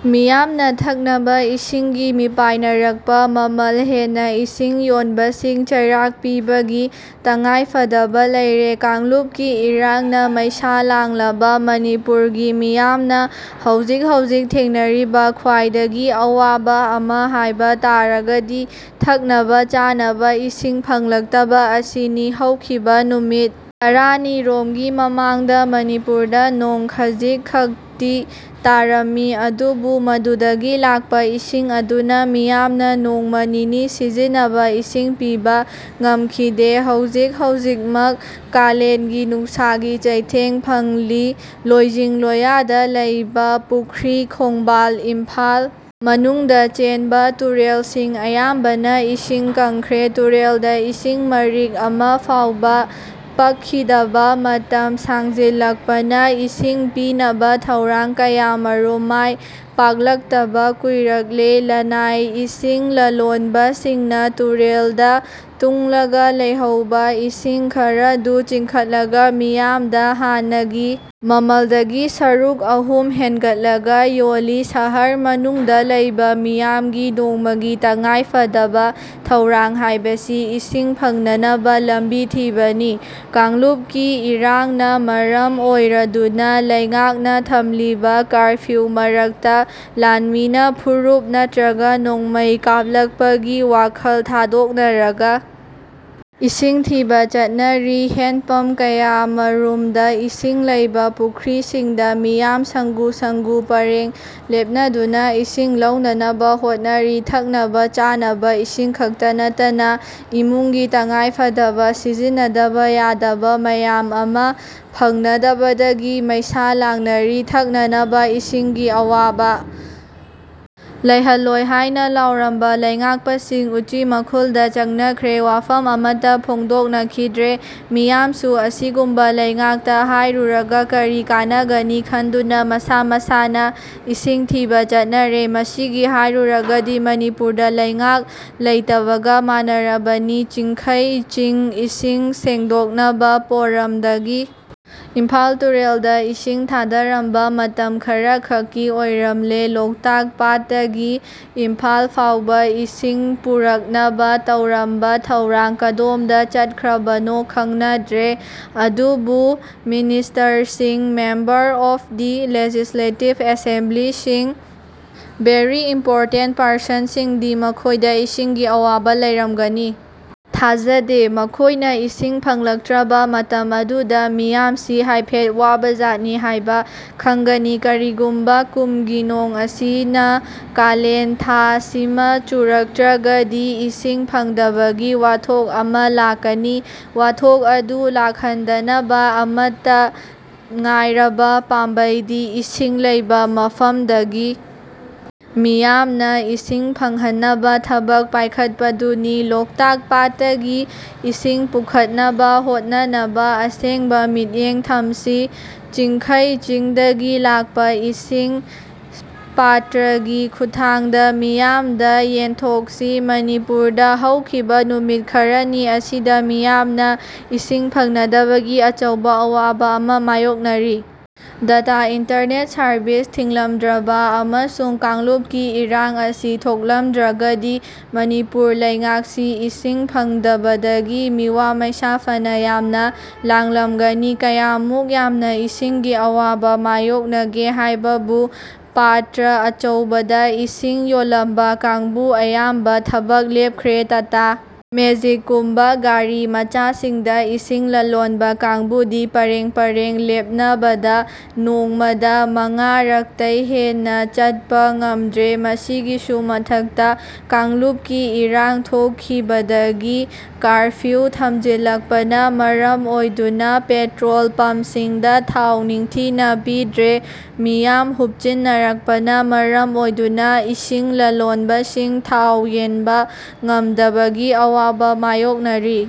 ꯃꯤꯌꯥꯝꯅ ꯊꯛꯅꯕ ꯏꯁꯤꯡꯒꯤ ꯃꯤꯄꯥꯏꯅꯔꯛꯄ ꯃꯃꯜ ꯍꯦꯟꯅ ꯏꯁꯤꯡ ꯌꯣꯟꯕꯁꯤꯡ ꯆꯩꯔꯥꯛ ꯄꯤꯕꯒꯤ ꯇꯉꯥꯏ ꯐꯗꯕ ꯂꯩꯔꯦ꯫ ꯀꯥꯡꯂꯨꯞꯀꯤ ꯏꯔꯥꯡꯅ ꯃꯩꯁꯥ ꯂꯥꯡꯂꯕ ꯃꯅꯤꯄꯨꯔꯒꯤ ꯃꯤꯌꯥꯝꯅ ꯍꯧꯖꯤꯛ ꯍꯧꯖꯤꯛ ꯊꯦꯡꯅꯔꯤꯕ ꯈ꯭ꯋꯥꯏꯗꯒꯤ ꯑꯋꯥꯕ ꯑꯃ ꯍꯥꯏꯕ ꯇꯥꯔꯒꯗꯤ ꯊꯛꯅꯕ-ꯆꯥꯅꯕ ꯏꯁꯤꯡ ꯐꯪꯂꯛꯇꯕ ꯑꯁꯤꯅꯤ꯫ ꯍꯧꯈꯤꯕ ꯅꯨꯃꯤꯠ ꯇꯔꯥ ꯅꯤ ꯔꯣꯝꯒꯤ ꯃꯃꯥꯡꯗ ꯃꯅꯤꯄꯨꯔꯗ ꯅꯣꯡ ꯈꯖꯤꯛ ꯈꯛꯇꯤ ꯇꯥꯔꯝꯃꯤ ꯑꯗꯨꯕꯨ ꯃꯗꯨꯗꯒꯤ ꯂꯥꯛꯄ ꯏꯁꯤꯡ ꯑꯗꯨꯅ ꯃꯤꯌꯥꯝꯅ ꯅꯣꯡꯃ ꯅꯤꯅꯤ ꯁꯤꯖꯤꯟꯅꯅꯕ ꯏꯁꯤꯡ ꯄꯤꯕ ꯉꯝꯈꯤꯗꯦ꯫ ꯍꯧꯖꯤꯛ ꯍꯧꯖꯤꯛꯃꯛ ꯀꯥꯂꯦꯟꯒꯤ ꯅꯨꯡꯁꯥꯒꯤ ꯆꯩꯊꯦꯡ ꯐꯪꯂꯤ꯫ ꯂꯣꯏꯖꯤꯡ ꯂꯣꯏꯌꯥꯗ ꯂꯩꯕ ꯄꯨꯈ꯭ꯔꯤ, ꯈꯣꯡꯕꯥꯜ, ꯏꯝꯐꯥꯜ ꯃꯅꯨꯡꯗ ꯆꯦꯟꯕ ꯇꯨꯔꯦꯜꯁꯤꯡ ꯑꯌꯥꯝꯕꯅ ꯏꯁꯤꯡ ꯀꯪꯈ꯭ꯔꯦ꯫ ꯇꯨꯔꯦꯜꯗ ꯏꯁꯤꯡ ꯃꯔꯤꯛ ꯑꯃ ꯐꯥꯎꯕ ꯄꯛꯈꯤꯗꯕ ꯃꯇꯝ ꯁꯥꯡꯖꯤꯜꯂꯛꯄꯅ ꯏꯁꯤꯡ ꯄꯤꯅꯕ ꯊꯧꯔꯥꯡ ꯀꯌ ꯥꯃꯔꯨꯝ ꯃꯥꯏ ꯄꯥꯛꯂꯛꯇꯕ ꯀꯨꯏꯔꯛꯂꯦ꯫ ꯂꯟꯅꯥꯏ ꯏꯁꯤꯡ ꯂꯂꯣꯟꯕꯁꯤꯡꯅ ꯇꯨꯔꯦꯜꯗ ꯇꯨꯡꯂꯒ ꯂꯩꯍꯧꯕ ꯏꯁꯤꯡ ꯈꯔꯗꯨ ꯆꯤꯡꯈꯠꯂꯒ ꯃꯤꯌꯥꯝꯗ ꯍꯥꯟꯅꯒꯤ ꯃꯃꯜꯗꯒꯤ ꯁꯔꯨꯛ ꯑꯍꯨꯝ ꯍꯦꯟꯒꯠꯂꯒ ꯌꯣꯜꯂꯤ꯫ ꯁꯍꯔ ꯃꯅꯨꯡꯗ ꯂꯩꯕ ꯃꯤꯌꯥꯝꯒꯤ ꯅꯣꯡꯃꯒꯤ ꯇꯉꯥꯏ ꯐꯗꯕ ꯊꯧꯔꯥꯡ ꯍꯥꯏꯕꯁꯤ ꯏꯁꯤꯡ ꯐꯪꯅꯅꯕ ꯂꯝꯕꯤ ꯊꯤꯕꯅꯤ꯫ ꯀꯥꯡꯂꯨꯞꯀꯤ ꯏꯔꯥꯡꯅ ꯃꯔꯝ ꯑꯣꯏꯔꯗꯨꯅ ꯂꯩꯉꯥꯛꯅ ꯊꯝꯂꯤꯕ ꯀꯥꯔꯐ꯭ꯌꯨ ꯃꯔꯛꯇ ꯂꯥꯟꯃꯤꯅ ꯐꯨꯔꯛꯄ ꯅꯠꯇ꯭ꯔꯒ ꯅꯣꯡꯃꯩ ꯀꯥꯞꯂꯛꯄꯒꯤ ꯋꯥꯈꯜ ꯊꯥꯗꯣꯛꯅꯔꯒ ꯏꯁꯤꯡ ꯊꯤꯕ ꯆꯠꯅꯔꯤ꯫ ꯍꯦꯟꯄꯝꯞ ꯀꯌꯥ ꯃꯔꯨꯝꯗ ꯏꯁꯤꯡ ꯂꯩꯕ ꯄꯨꯈ꯭ꯔꯤꯁꯤꯡꯗ ꯃꯤꯌꯥꯝ ꯁꯪꯒꯨ ꯁꯪꯒꯨ ꯄꯔꯦꯡ ꯂꯦꯞꯅꯗꯨꯅ ꯏꯁꯤꯡ ꯂꯧꯅꯅꯕ ꯍꯣꯠꯅꯔꯤ꯫ ꯊꯛꯅꯕ-ꯆꯥꯅꯕ ꯏꯁꯤꯡ ꯈꯛꯇ ꯅꯠꯇꯅ ꯏꯃꯨꯡꯒꯤ ꯇꯉꯥꯏꯐꯗꯕ ꯁꯤꯖꯤꯟꯅꯗꯕ ꯌꯥꯗꯕ ꯃꯌꯥꯝ ꯑꯃ ꯐꯪꯅꯗꯕꯗꯒꯤ ꯃꯩꯁꯥ ꯂꯥꯡꯅꯔꯤ꯫ ꯊꯛꯅꯅꯕ ꯏꯁꯤꯡꯒꯤ ꯑꯋꯥꯕ ꯂꯩꯍꯜꯂꯣꯏ ꯍꯥꯏꯅ ꯂꯥꯎꯔꯝꯕ ꯂꯩꯉꯥꯛꯄꯁꯤꯡ ꯎꯆꯤ ꯃꯈꯨꯜꯗ ꯆꯪꯈ꯭ꯔꯦ꯫ ꯋꯥꯐꯝ ꯑꯃꯠꯇ ꯐꯣꯡꯗꯣꯛꯅꯈꯤꯗ꯭ꯔꯦ꯫ ꯃꯤꯌꯥꯝꯁꯨ ꯑꯁꯤꯒꯨꯝꯕ ꯂꯩꯉꯥꯛꯇ ꯍꯥꯏꯔꯨꯔꯒ ꯀꯔꯤ ꯀꯥꯟꯅꯒꯅꯤ ꯈꯟꯗꯨꯅ ꯃꯁꯥ ꯃꯁꯥꯅ ꯏꯁꯤꯡ ꯊꯤꯕ ꯆꯠꯅꯔꯦ꯫ ꯃꯁꯤꯒꯤ ꯍꯥꯏꯔꯨꯔꯒꯗꯤ ꯃꯅꯤꯄꯨꯔꯗ ꯂꯩꯉꯥꯛ ꯂꯩꯇꯕꯒ ꯃꯥꯟꯅꯔꯕꯅꯤ꯫ ꯆꯤꯡꯈꯩ ꯆꯤꯡ ꯏꯁꯤꯡ ꯁꯦꯡꯗꯣꯛꯅꯕ ꯄꯣꯔꯝꯗꯒꯤ ꯏꯝꯐꯥꯜ ꯇꯨꯔꯦꯜꯗ ꯏꯁꯤꯡ ꯊꯥꯗꯔꯝꯕ ꯃꯇꯝ ꯈꯔ ꯈꯛꯀꯤ ꯑꯣꯏꯔꯝꯂꯦ꯫ ꯂꯣꯛꯇꯥꯛ ꯄꯥꯠꯇꯒꯤ ꯏꯝꯐꯥꯜ ꯐꯥꯎꯕ ꯏꯁꯤꯡ ꯄꯨꯔꯛꯅꯕ ꯇꯧꯔꯝꯕ ꯊꯧꯔꯥꯡ ꯀꯗꯣꯝꯗ ꯆꯠꯈ꯭ꯔꯕꯅꯣ ꯈꯪꯅꯗ꯭ꯔꯦ꯫ ꯑꯗꯨꯕꯨ ꯃꯤꯅꯤꯁꯇꯔꯁꯤꯡ, ꯃꯦꯝꯕꯔ ꯑꯣꯐ ꯗ ꯂꯦꯖꯤꯁꯂꯦꯇꯤꯚ ꯑꯦꯁꯦꯝꯕ꯭ꯂꯤꯁꯤꯡ, ꯚꯦꯔꯤ ꯏꯝꯄꯣꯔꯇꯦꯟꯠ ꯄꯔꯁꯟꯁꯤꯡꯗꯤ ꯃꯈꯣꯏꯗ ꯏꯁꯤꯡꯒꯤ ꯑꯋꯥꯕ ꯂꯩꯔꯝꯒꯅꯤ ꯊꯥꯖꯗꯦ꯫ ꯃꯈꯣꯏꯅ ꯏꯁꯤꯡ ꯐꯪꯂꯛꯇ꯭ꯔꯕ ꯃꯇꯝ ꯑꯗꯨꯗ ꯃꯤꯌꯥꯝꯁꯤ ꯍꯥꯏꯐꯦꯠ ꯋꯥꯕꯖꯥꯠꯅꯤ ꯍꯥꯏꯕ ꯈꯪꯒꯅꯤ꯫ ꯀꯔꯤꯒꯨꯝꯕ ꯀꯨꯝꯒꯤ ꯅꯣꯡ ꯑꯁꯤꯅ ꯀꯥꯂꯦꯟ ꯊꯥꯁꯤꯃ ꯆꯨꯔꯛꯇ꯭ꯔꯒꯗꯤ ꯏꯁꯤꯡ ꯐꯪꯗꯕꯒꯤ ꯋꯥꯊꯣꯛ ꯑꯃ ꯂꯥꯛꯀꯅꯤ꯫ ꯋꯥꯊꯣꯛ ꯑꯗꯨ ꯂꯥꯛ ꯍꯟꯗꯅꯕ ꯑꯃꯠꯇ ꯉꯥꯏꯔꯕ ꯄꯥꯝꯕꯩꯗꯤ ꯏꯁꯤꯡ ꯂꯩꯕ ꯃꯐꯝꯗꯒꯤ ꯃꯤꯌꯥꯝꯅ ꯏꯁꯤꯡ ꯐꯪꯍꯟꯅꯕ ꯊꯕꯛ ꯄꯥꯏꯈꯠꯄꯗꯨꯅꯤ꯫ ꯂꯣꯛꯇꯥꯛ ꯄꯥꯠꯇꯒꯤ ꯏꯁꯤꯡ ꯄꯨꯈꯠꯅꯕ ꯍꯣꯠꯅꯅꯕ ꯑꯍꯦꯟꯕ ꯃꯤꯠꯌꯦꯡ ꯊꯝꯁꯤ꯫ ꯆꯤꯡꯈꯩ ꯆꯤꯡꯗꯒꯤ ꯂꯥꯛꯄ ꯏꯁꯤꯡ ꯄꯥꯇ꯭ꯔꯒꯤ ꯈꯨꯠꯊꯥꯡꯗ ꯃꯤꯌꯥꯝꯗ ꯌꯦꯟꯊꯣꯛꯁꯤ꯫ ꯃꯅꯤꯄꯨꯔꯗ ꯍꯧꯈꯤꯕ ꯅꯨꯃꯤꯠ ꯈꯔꯅꯤ ꯑꯁꯤꯗ ꯃꯤꯌꯥꯝꯅ ꯏꯁꯤꯡ ꯐꯪꯅꯗꯕꯒꯤ ꯑꯆꯧꯕ ꯑꯋꯥꯕ ꯑꯃ ꯃꯥꯌꯣꯛꯅꯔꯤ꯫ ꯗꯥꯇꯥ ꯏꯟꯇꯔꯅꯦꯠ ꯁꯥꯔꯚꯤꯁ ꯊꯤꯡꯂꯝꯗ꯭ꯔꯕ ꯑꯃꯁꯨꯡ ꯀꯥꯡꯂꯨꯞꯀꯤ ꯏꯔꯥꯡ ꯑꯁꯤ ꯊꯣꯛꯂꯝꯗ꯭ꯔꯒꯗꯤ ꯃꯅꯤꯄꯨꯔ ꯂꯩꯉꯥꯛꯁꯤ ꯏꯁꯤꯡ ꯐꯪꯗꯕꯗꯒꯤ ꯃꯤꯋꯥ ꯃꯩꯁꯥ ꯐꯅ ꯌꯥꯝꯅ ꯂꯥꯡꯂꯝꯒꯅꯤ꯫ ꯀꯌꯥꯃꯨꯛ ꯌꯥꯝꯅ ꯏꯁꯤꯡꯒꯤ ꯑꯋꯥꯕ ꯃꯥꯌꯣꯛꯅꯒꯦ ꯍꯥꯏꯕꯕꯨ ꯄꯥꯇ꯭ꯔ ꯑꯆꯧꯕꯗ ꯏꯁꯤꯡ ꯌꯣꯜꯂꯝꯕ ꯀꯥꯡꯕꯨ ꯑꯌꯥꯝꯕ ꯊꯕꯛ ꯂꯦꯞꯈ꯭ꯔꯦ꯫ ꯇꯥꯇꯥ ꯃꯦꯖꯤꯛ ꯀꯨꯝꯕ ꯒꯥꯔꯤ ꯃꯆꯥꯁꯤꯡꯗ ꯏꯁꯤꯡ ꯂꯂꯣꯟꯕ ꯀꯥꯡꯕꯨꯗꯤ ꯄꯔꯦꯡ ꯄꯔꯦꯡ ꯂꯦꯞꯅꯕꯗ ꯅꯣꯡꯃꯗ ꯃꯉꯥꯔꯛꯇꯩ ꯍꯦꯟꯅ ꯆꯠꯄ ꯉꯝꯗ꯭ꯔꯦ꯫ ꯃꯁꯤꯒꯤꯁꯨ ꯃꯊꯛꯇ ꯀꯥꯡꯂꯨꯞꯀꯤ ꯏꯔꯥꯡ ꯊꯣꯛꯈꯤꯕꯗꯒꯤ ꯀꯥꯔꯐ꯭ꯌꯨ ꯊꯝꯖꯤꯜꯂꯛꯄꯅ ꯃꯔꯝ ꯑꯣꯏꯗꯨꯅ ꯄꯦꯇ꯭ꯔꯣꯜ ꯄꯝꯞꯁꯤꯡꯗ ꯊꯥꯎ ꯅꯤꯡꯊꯤꯅ ꯄꯤꯗ꯭ꯔꯦ꯫ ꯃꯤꯌꯥꯝ ꯍꯨꯞꯆꯤꯟꯅꯔꯛꯄꯅ ꯃꯔꯝ ꯑꯣꯏꯗꯨꯅ ꯏꯁꯤꯡ ꯂꯂꯣꯟꯕꯁꯤꯡ ꯊꯥꯎ ꯌꯦꯟꯕ ꯉꯝꯗꯕꯒꯤ ꯑꯋꯥꯕ ꯃꯥꯌꯣꯛꯅꯔꯤ꯫